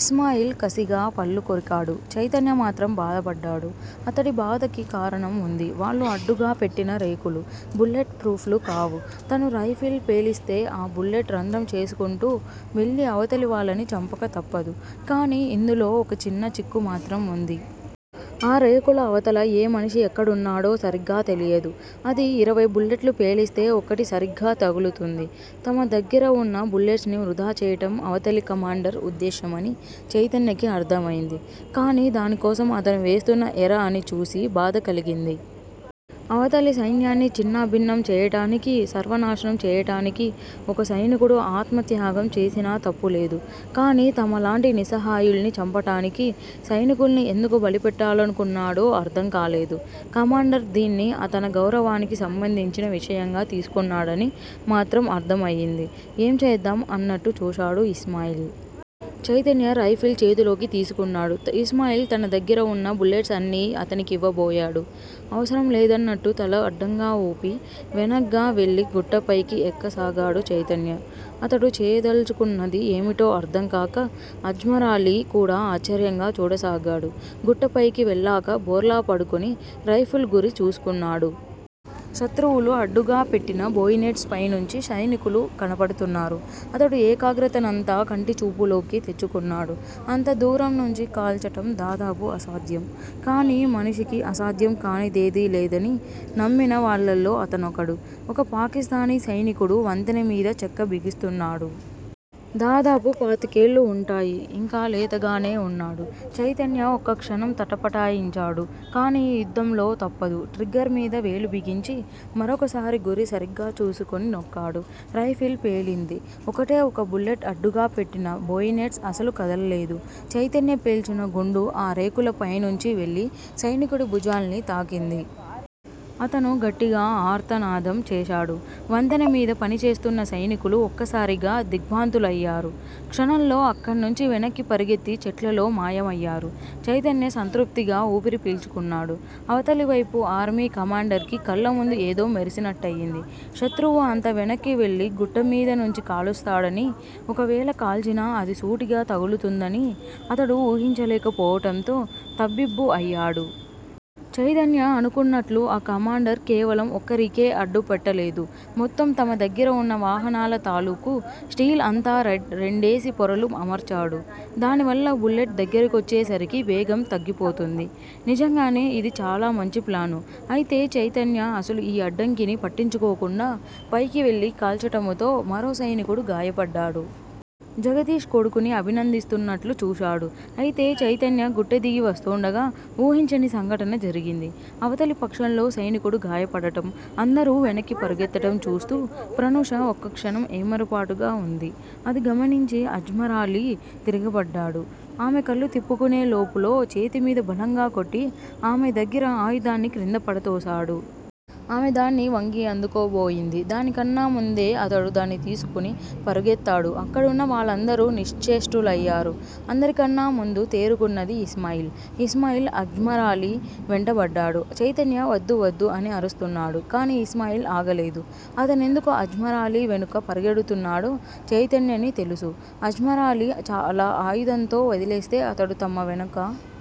ఇస్మాయిల్ కసిగా పళ్ళు కొరికాడు. చైతన్య మాత్రం బాధపడ్డాడు. అతడి బాధకి కారణం వుంది. వాళ్ళు అడ్డుగా పెట్టిన రేకులు, బుల్లెట్ ఫ్రూఫ్ లు కావు. తను రైఫిల్ పేలిస్తే ఆ బుల్లెట్ రంధ్రం చేసుకుంటూ వెళ్ళి అవతలి వాళ్ళని చంపక తప్పదు. కానీ ఇందులో ఒక చిన్న చిక్కు మాత్రం వుంది. ఆ రేకుల అవతల ఏ మనిషి ఎక్కడున్నాడో సరిగ్గా తెలియదు. అది ఇరవై బుల్లెట్లు పేలిస్తే ఒకటి సరీగ్గా తగులుతుంది. తమ దగ్గిరవున్న బుల్లెట్స్ ని వృధాచేయటం అవతలి కమాండర్ ఉద్దేశ్యమని చైతన్యకి అర్ధమైంది. కానీ దానికోసం అతను వేస్తున్న ఎర అని చూసి బాధ కలిగింది. అవతలి సైన్యాన్ని ఛిన్నాభిన్నం చేయటానికి, సర్వనాశనం చేయటానికీ ఒక సైనికుడు ఆత్మత్యాగం చేసినా తప్పులేదు. కానీ తమలాంటి నిస్సహాయుల్ని చంపటానికి సైనుకుల్ని ఎందుకు బలి పెట్టాలనుకున్నాడో అర్ధంకాలేదు. కమాండర్ దీన్ని తన గౌరవానికి సంబంధించిన విషయంగా తీసుకున్నాడని మాత్రం అర్ధం అయింది. ఏం చేద్దాం అన్నట్టు చూశాడు ఇస్మాయిల్. చైతన్య రైఫిల్ చేతిలోకి తీసుకున్నాడు. ఇస్మాయిల్ తన దగ్గిరవున్న బుల్లెట్స్ అన్నీ అతనికివ్వబోయాడు. అవసరం లేదన్నట్టు తల అడ్డంగా వూపి, వెనగ్గా వెళ్ళి గుట్ట పైకి ఎక్కసాగాడు చైతన్య. అతడు చేయదల్చుకున్నది ఏమిటో అర్ధంకాక అజ్మరాలీ కూడా ఆశ్చర్యంగా చూడసాగాడు. గుట్టపైకి వెళ్ళాక బోర్లా పడుకుని, రైఫిల్ గురి చూసుకున్నాడు. శత్రువులు అడ్డుగా పెట్టిన బోయినెట్స్ పైనుంచి సైనికులు కనపడుతున్నారు. అతడు ఏకాగ్రతనంతా కంటి చూపులోకి తెచ్చుకున్నాడు. అంత దూరం నుంచి కాల్చటం దాదాపు అసాధ్యం. కానీ మనిషికి అసాధ్యం కానిదేదీ లేదని నమ్మిన వాళ్ళల్లో అతనొకడు. ఒక పాకిస్తానీ సైనికుడు వంతెన మీద చెక్క బిగిస్తున్నాడు. దాదాపు పాతికేళ్ళు వుంటాయి. ఇంకా లేతగానే వున్నాడు. చైతన్య ఒక్కక్షణం తటపటాయించాడు. కానీ యుద్ధంలో తప్పదు. ట్రిగ్గర్ మీద వేలు బిగించి. మరొకసారి గురి సరిగ్గా చూసుకుని నొక్కాడు. రైఫిల్ పేలింది. ఒకటే ఒక బుల్లెట్ అడ్డుగా పెట్టిన బోయినెట్స్ అసలు కదల్లేదు. చైతన్య పేల్చిన గుండు ఆ రేకుల పైనుంచి వెళ్ళి సైనికుడి భుజాల్ని తాకింది. అతను గట్టిగా ఆర్తనాదం చేశాడు. వంతెన మీద పని చేస్తున్న సైనికులు ఒక్కసారిగా దిగ్భ్రాంతులయ్యారు. క్షణంలో అక్కణ్ణుంచి వెనక్కి పరుగెత్తి చెట్లలో మాయమయ్యారు. చైతన్య సంతృప్తిగా ఊపిరి పీల్చుకున్నాడు. అవతలివైపు ఆర్మీ కమాండర్ కి కళ్ళముందు ఏదో మెరిసినట్టయింది. శత్రువు అంత వెనక్కి వెళ్ళి గుట్ట మీద నుంచి కాలుస్తాడనీ, ఒకవేళ కాల్చినా అది సూటిగా తగులుతుందనీ అతడు ఊహించలేక పోవటంతో తబ్బిబ్బు అయ్యాడు. చైతన్య అనుకున్నట్లు ఆ కమాండర్ కేవలం ఒక్క రికే అడ్డు పెట్టలేదు. మొత్తం తమ దగ్గిర వున్న వాహనాల తాలూకు స్టీల్ అంతా రెండేసి పొరలు అమర్చాడు. దానివల్ల బుల్లెట్ దగ్గిరకొచ్చే సరికి వేగం తగ్గిపోతుంది. నిజంగానే ఇది చాలా మంచి ప్లాను. అయితే చైతన్య అసలు ఈ అడ్డంకిని పట్టించుకోకుండా పైకి వెళ్ళి కాల్చటముతో మరో సైనికుడు గాయపడ్డాడు. జగదీష్ కొడుకుని అభినందిస్తున్నట్లు చూశాడు. అయితే చైతన్య గుట్ట దిగి వస్తూండగా ఊహించని సంఘటన జరిగింది. అవతలి పక్షంలో సైనికుడు గాయపడటం, అందరూ వెనక్కి పరుగెత్తటం చూస్తూ ప్రనూష ఒక్కక్షణం ఏమరుపాటుగా వుంది. అది గమనించి అజ్మరాలీ తిరగబడ్డాడు. ఆమె కళ్ళు తిప్పుకునే లోపులో, చేతి మీద బలంగా కొట్టి ఆమె దగ్గిర ఆయుధాన్ని క్రింద పడతోసాడు. ఆమె దాన్ని వంగి అందుకోబోయింది. దాని కన్నా ముందే అతడు దాన్ని తీసుకుని పరుగెత్తాడు. అక్కడున్న వాళ్ళందరూ నిశ్చేష్టులయ్యారు. అందరికన్నా ముందు తేరుకున్నది ఇస్మాయిల్. ఇస్మాయిల్, అజ్మరాలీ వెంటబడ్డాడు. చైతన్య వద్దు-వద్దు అని అరుస్తున్నాడు. కానీ ఇస్మాయిల్ ఆగలేదు. అతనెందుకు అజ్మరాలీ వెనుక పరుగెడుతున్నాడో చైతన్యని తెలుసు. అజ్మరాలీ అలా ఆయుధంతో వదిలేస్తే అతడు తమ వెనుక